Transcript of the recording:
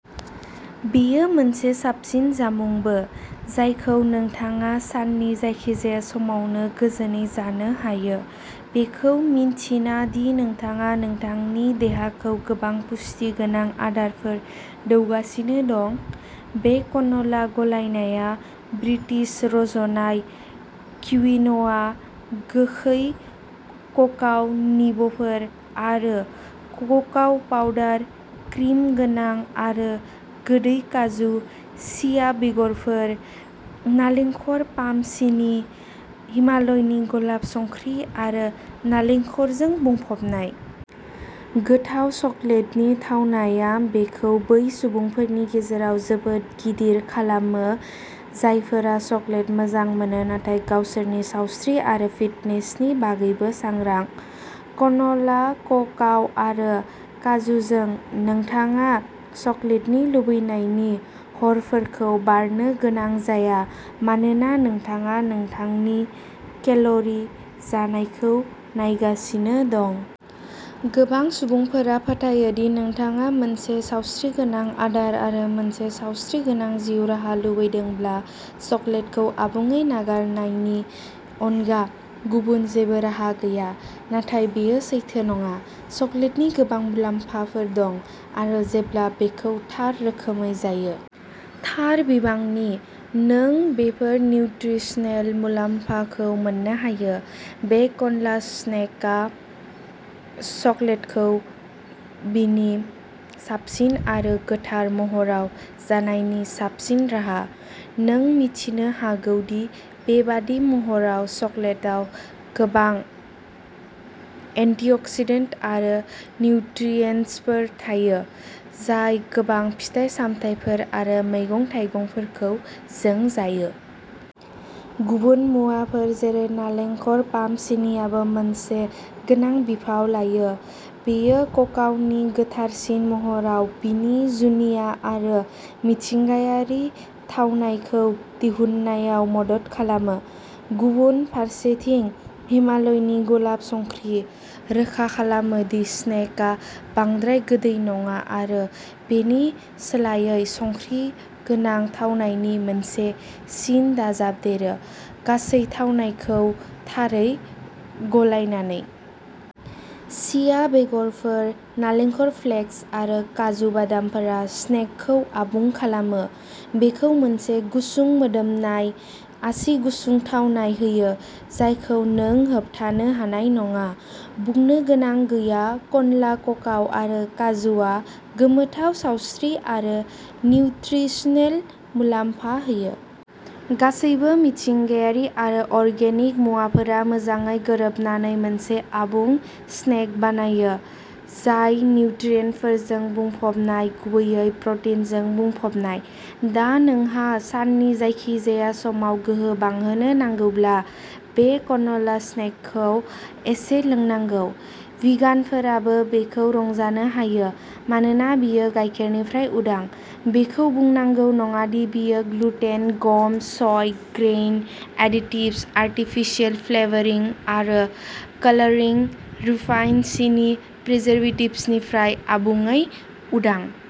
बेयो मोनसे साबसिन जामुंबो, जायखौ नोंथाङा साननि जायखिजाया समावनो गोजोनै जानो हायो, बेखौ मिन्थिना दि नोंथाङा नोंथांनि देहाखौ गोबां पुष्टि गोनां आदारफोर दौगासिनो दं। बे क्न'ला गलायनाया ब्रिटिश-रज'नाय क्विन'आ, गोखै क'काव निबफोर, आरो क'काव पाउडार, क्रिम गोनां आरो गोदै काजु, चिया बेगरफोर, नालेंखर पाम सिनि, हिमालयनि गलाब संख्रि आरो नालेंखरजों बुंफबनाय। गोथाव चकलेटनि थावनाया बेखौ बै सुबुंफोरनि गेजेराव जोबोद गिदिर खालामो, जायफोरा चकलेट मोजां मोनो नाथाय गावसोरनि सावस्रि आरो फिटनेसनि बागैबो सांग्रां। क्न'ला-क'काव आरो काजुजों, नोंथाङा चकलेटनि लुबैनायनि हरफोरखौ बारनो गोनां जाया मानोना नोंथाङा नोंथांनि केल'रि जानायखौ नायगासिनो दं। गोबां सुबुंफोरा फोथायो दि नोंथाङा मोनसे सावस्रिगोनां आदार आरो मोनसे सावस्रिगोनां जिउ राहा लुबैदोंब्ला चकलेटखौ आबुङै नागारनायनि अनगा गुबुन जेबो राहा गैया, नाथाय बेयो सैथो नङा। चकलेटनि गोबां मुलाम्फाफोर दं, आरो जेब्ला बेखौ थार रोखोमै जायो। थार बिबांनि, नों बेफोर निउत्रिसनेल मुलाम्फाखौ मोननो हायो। बे क्नला स्नेकआ चकलेटखौ बिनि साबसिन आरो गोथार महराव जानायनि साबसिन राहा। नों मिथिनो हागौदि बेबादि महराव, चकलेटाव गोबां एन्टिअक्सिडेन्ट आरो निउट्रियेन्टफोर थायो, जाय गोबां फिथाइ-सामथाइफोर आरो मैगं-थाइगंफोरखौ जों जायो। गुबुन मुवाफोर जेरै नालेंखर पाम सिनिआबो मोनसे गोनां बिफाव लायो-बेयो ककावनि गोथारसिन महराव बिनि जुनिया आरो मिथिंगायारि थावनायखौ दिहुननायाव मदद खालामो। गुबुन फारसेथिं, हिमालयनि गलाब संख्रि, रोखा खालामो दि स्नेकआ बांद्राय गोदै नङा आरो बेनि सोलायै संख्रि गोनां थावनायनि मोनसे सिन दाजाबदेरो, गासै थावनायखौ थारै गलायनानै। चिया बेगरफोर, नालेंखर फ्लेक्स आरो काजु बादामफोरा स्नेकखौ आबुं खालामो, बेखौ मोनसे गुसुं-मोदोमनाय, आसि-गुसुं थावनाय होयो जायखौ नों होबथानो हानाय नङा। बुंनो गोनां गैया, क्नला-ककाव आरो काजुआ गोमोथाव सावस्रि आरो निउत्रिसनेल मुलाम्फाफोर होयो। गासैबो मिथिंगायारि आरो अर्गेनिक मुवाफोरा मोजाङै गोरोबनानै मोनसे आबुं स्नेक बानायो, जाय निउट्रियेन्टफोरजों बुंफबनाय, गुबैयै प्रटिनजों बुंफबनाय। दा, नोंहा साननि जायखिजाया समाव गोहो बांहोनो नांगौब्ला बे क्न'ला स्नेकखौ एसे लोंनांगौ। भिगानफोराबो बेखौ रंजानो हायो, मानोना बेयो गाइखेरनिफ्राय उदां, बेखौ बुंनांगौ नङा दि बेयो gluten, gum, soy, grain, additives, artificial flavouring आरो कालारिं, रिफाइन्ड सिनि आरो प्रिजारभेटिभ्सनिफ्राय आबुङै उदां।